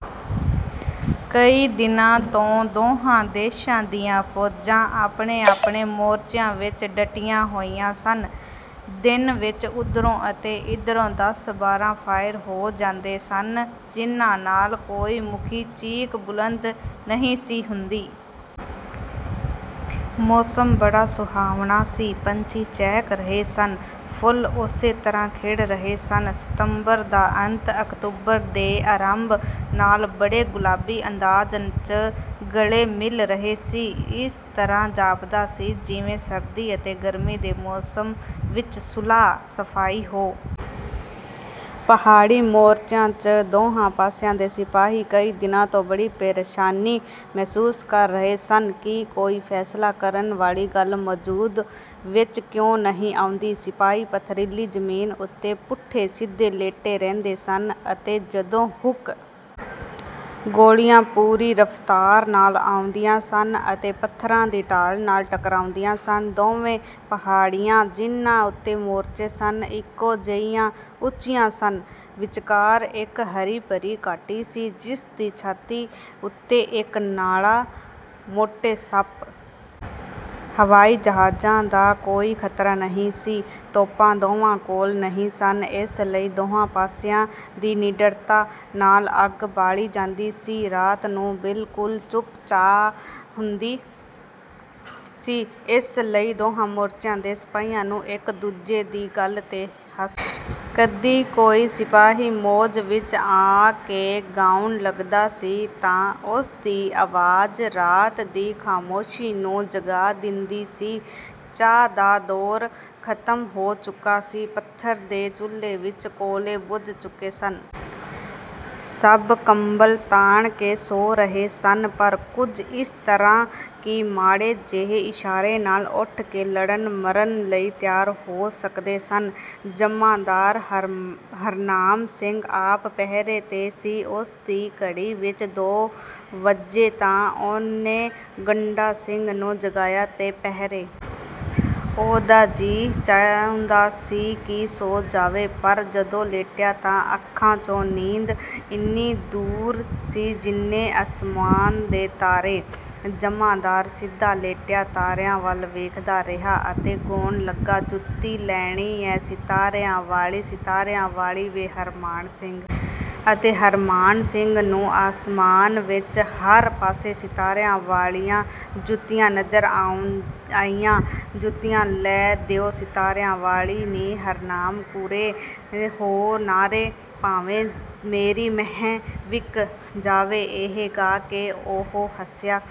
ਕਈ ਦਿਨਾਂ ਤੋਂ ਦੋਹਾਂ ਦੇਸ਼ਾਂ ਦੀਆਂ ਫੌਜਾਂ ਆਪਣੇ-ਆਪਣੇ ਮੋਰਚਿਆਂ ਵਿਚ ਡਟੀਆਂ ਹੋਈਆਂ ਸਨ। ਦਿਨ ਵਿਚ ਓਧਰੋਂ ਅਤੇ ਇਧਰੋਂ ਦਸ ਬਾਰਾਂ ਫ਼ਾਇਰ ਹੋ ਜਾਂਦੇ ਸਨ, ਜਿਨ੍ਹਾਂ ਨਾਲ ਕੋਈ ਮਨੁੱਖੀ ਚੀਕ ਬੁਲੰਦ ਨਹੀਂ ਸੀ ਹੁੰਦੀ। ਮੌਸਮ ਬੜਾ ਸੁਹਾਵਣਾ ਸੀ। ਪੰਛੀ ਚਹਿਕ ਰਹੇ ਸਨ। ਫੁੱਲ ਉਸੇ ਤਰ੍ਹਾਂ ਖਿੜ ਰਹੇ ਸਨ। ਸਤੰਬਰ ਦਾ ਅੰਤ ਅਕਤੂਬਰ ਦੇ ਅਰੰਭ ਨਾਲ ਬੜੇ ਗੁਲਾਬੀ ਅੰਦਾਜ਼ ਚ ਗਲੇ ਮਿਲ ਰਿਹਾ ਸੀ। ਇਸ ਤਰ੍ਹਾਂ ਜਾਪਦਾ ਸੀ ਜਿਵੇਂ ਸਰਦੀ ਅਤੇ ਗਰਮੀ ਦੇ ਮੌਸਮ ਵਿਚ ਸੁਲਾਹ ਸਫਾਈ ਹੋ ਰਹੀ ਹੈ। ਪਹਾੜੀ ਮੋਰਚਿਆਂ ਚ ਦੋਹਾਂ ਪਾਸਿਆਂ ਦੇ ਸਿਪਾਹੀ ਕਈ ਦਿਨਾਂ ਤੋਂ ਬੜੀ ਪਰੇਸ਼ਾਨੀ ਮਹਿਸੂਸ ਕਰ ਰਹੇ ਸਨ ਕਿ ਕੋਈ ਫ਼ੈਸਲਾ ਕਰਨ ਵਾਲੀ ਗੱਲ ਮੌਜੂਦ ਵਿਚ ਕਿਉਂ ਨਹੀਂ ਆਉਂਦੀ? ਸਿਪਾਹੀ ਪੱਥਰੀਲੀ ਜ਼ਮੀਨ ਉਤੇ ਪੁੱਠੇ ਸਿੱਧੇ ਲੇਟੇ ਰਹਿੰਦੇ ਸਨ ਅਤੇ ਜਦੋਂ ਹੁਕਮ ਮਿਲਦਾ ਸੀ, ਇਕ ਦੋ ਫ਼ਾਇਰ ਕਰ ਦਿੰਦੇ ਸਨ। ਗੋਲੀਆਂ ਪੂਰੀ ਰਫ਼ਤਾਰ ਨਾਲ ਆਉਂਦੀਆਂ ਸਨ ਅਤੇ ਪੱਥਰਾਂ ਦੀ ਢਾਲ ਨਾਲ ਟਕਰਾਉਂਦੀਆਂ ਸਨ। ਦੋਵੇਂ ਪਹਾੜੀਆਂ, ਜਿਨ੍ਹਾਂ ਉਤੇ ਮੋਰਚੇ ਸਨ, ਇਕੋ ਜਿੰਨੀਆਂ ਉਚੀਆਂ ਸਨ। ਵਿਚਕਾਰ ਇਕ ਹਰੀ ਭਰੀ ਘਾਟੀ ਸੀ, ਜਿਸ ਦੀ ਛਾਤੀ ਉਤੇ ਇਕ ਨਾਲਾ ਮੋਟੇ ਸੱਪ ਵਾਗ ਟੁਰਦਾ ਸੀ। ਹਵਾਈ ਜਹਾਜਾਂ ਦਾ ਕੋਈ ਖ਼ਤਰਾ ਨਹੀਂ ਸੀ। ਤੋਪਾਂ ਦੋਹਾਂ ਕੋਲ ਨਹੀਂ ਸਨ। ਇਸ ਲਈ ਦੋਹਾਂ ਪਾਸਿਆਂ ਦੀ ਨਿਡਰਤਾ ਨਾਲ ਅੱਗ ਬਾਲੀ ਜਾਂਦੀ ਸੀ। ਰਾਤ ਨੂੰ ਬਿਲਕੁਲ ਚੁੱਪ-ਚਾਂ ਹੁੰਦੀ ਸੀ, ਇਸ ਲਈ ਦੋਹਾਂ ਮੋਰਚਿਆਂ ਦੇ ਸਿਪਾਹੀਆਂ ਨੂੰ ਇਕ ਦੂਜੇ ਦੀ ਗੱਲ 'ਤੇ ਹੱਸਣ ਦੀ ਆਵਾਜ਼ ਵੀ ਸੁਣ ਪੈਂਦੀ ਸੀ। ਕਦੀ ਕੋਈ ਸਿਪਾਹੀ ਮੌਜ ਵਿਚ ਆ ਕੇ ਗਾਉਣ ਲੱਗਦਾ ਸੀ ਤਾਂ ਉਸਦੀ ਆਵਾਜ਼ ਰਾਤ ਦੀ ਖ਼ਾਮੋਸ਼ੀ ਨੂੰ ਜਗਾ ਦਿੰਦੀ ਸੀ। ਚਾਹ ਦਾ ਦੌਰ ਖ਼ਤਮ ਹੋ ਚੁੱਕਾ ਸੀ। ਪੱਥਰ ਦੇ ਚੁੱਲ੍ਹੇ ਵਿਚ ਕੋਲੇ ਬੁਝ ਚੁੱਕੇ ਸਨ। ਸਭ ਕੰਬਲ ਤਾਣ ਕੇ ਸੌਂ ਰਹੇ ਸਨ, ਪਰ ਕੁੱਝ ਇਸ ਤਰ੍ਹਾਂ ਕਿ ਮਾੜੇ ਜਿਹੇ ਇਸ਼ਾਰੇ ਨਾਲ ਉਠ ਕੇ ਲੜਨ ਮਰਨ ਲਈ ਤਿਆਰ ਹੋ ਸਕਦੇ ਸਨ। ਜਮਾਂਦਾਰ ਹਰਨਾਮ ਸਿੰਘ ਆਪ ਪਹਿਰੇ 'ਤੇ ਸੀ। ਉਸ ਦੀ ਘੜੀ ਵਿਚ ਦੋ ਵੱਜੇ ਤਾਂ ਉਹਨੇ ਗੰਡਾ ਸਿੰਘ ਨੂੰ ਜਗਾਇਆ ਤੇ ਪਹਿਰੇ ਤੇ ਲਾ ਦਿੱਤਾ। ਉਹਦਾ ਜੀਅ ਚਾਹੁੰਦਾ ਸੀ ਕਿ ਸੌ ਜਾਏ, ਪਰ ਜਦੋਂ ਲੇਟਿਆ ਤਾਂ ਅੱਖਾਂ ਚੋਂ ਨੀਂਦ ਇੰਨੀ ਦੂਰ ਸੀ ਜਿੰਨੇ ਅਸਮਾਨ ਦੇ ਤਾਰੇ। ਜਮਾਂਦਾਰ ਸਿੱਧਾ ਲੇਟਿਆ ਤਾਰਿਆਂ ਵੱਲ ਵੇਖਦਾ ਰਿਹਾ, ਅਤੇ ਗੌਣ ਲੱਗਾ, "ਜੁੱਤੀ ਲੈਣੀ ਆ ਸਿਤਾਰਿਆਂ ਵਾਲੀ, ਸਿਤਾਰਿਆਂ ਵਾਲੀ ਵੇ ਹਰਨਾਮ ਸਿੰਘ ਹੋ ਯਾਰਾ, ਭਾਵੇਂ ਤੇਰੀ ਮਹਿੰ ਵਿਕ ਜਾਏ।" ਅਤੇ ਹਰਨਾਮ ਸਿੰਘ ਨੂੰ ਅਸਮਾਨ ਵਿਚ ਹਰ ਪਾਸੇ ਸਿਤਾਰਿਆਂ ਵਾਲੀਆਂ ਜੁੱਤੀਆਂ ਨਜ਼ਰ ਆਈਆਂ। ਜੁੱਤੀ ਲੈ ਦਿਉਂ ਸਿਤਾਰਿਆਂ ਵਾਲੀ ਨੀ ਹਰਨਾਮ ਕੁਰੇ, ਹੋ ਨਾਰੇ, ਭਾਵੇਂ ਮੇਰੀ ਮਹਿੰ ਵਿਕ ਜਾਏ। ਇਹ ਗਾ ਕੇ ਉਹ ਹੱਸਿਆ। ਫਿਰ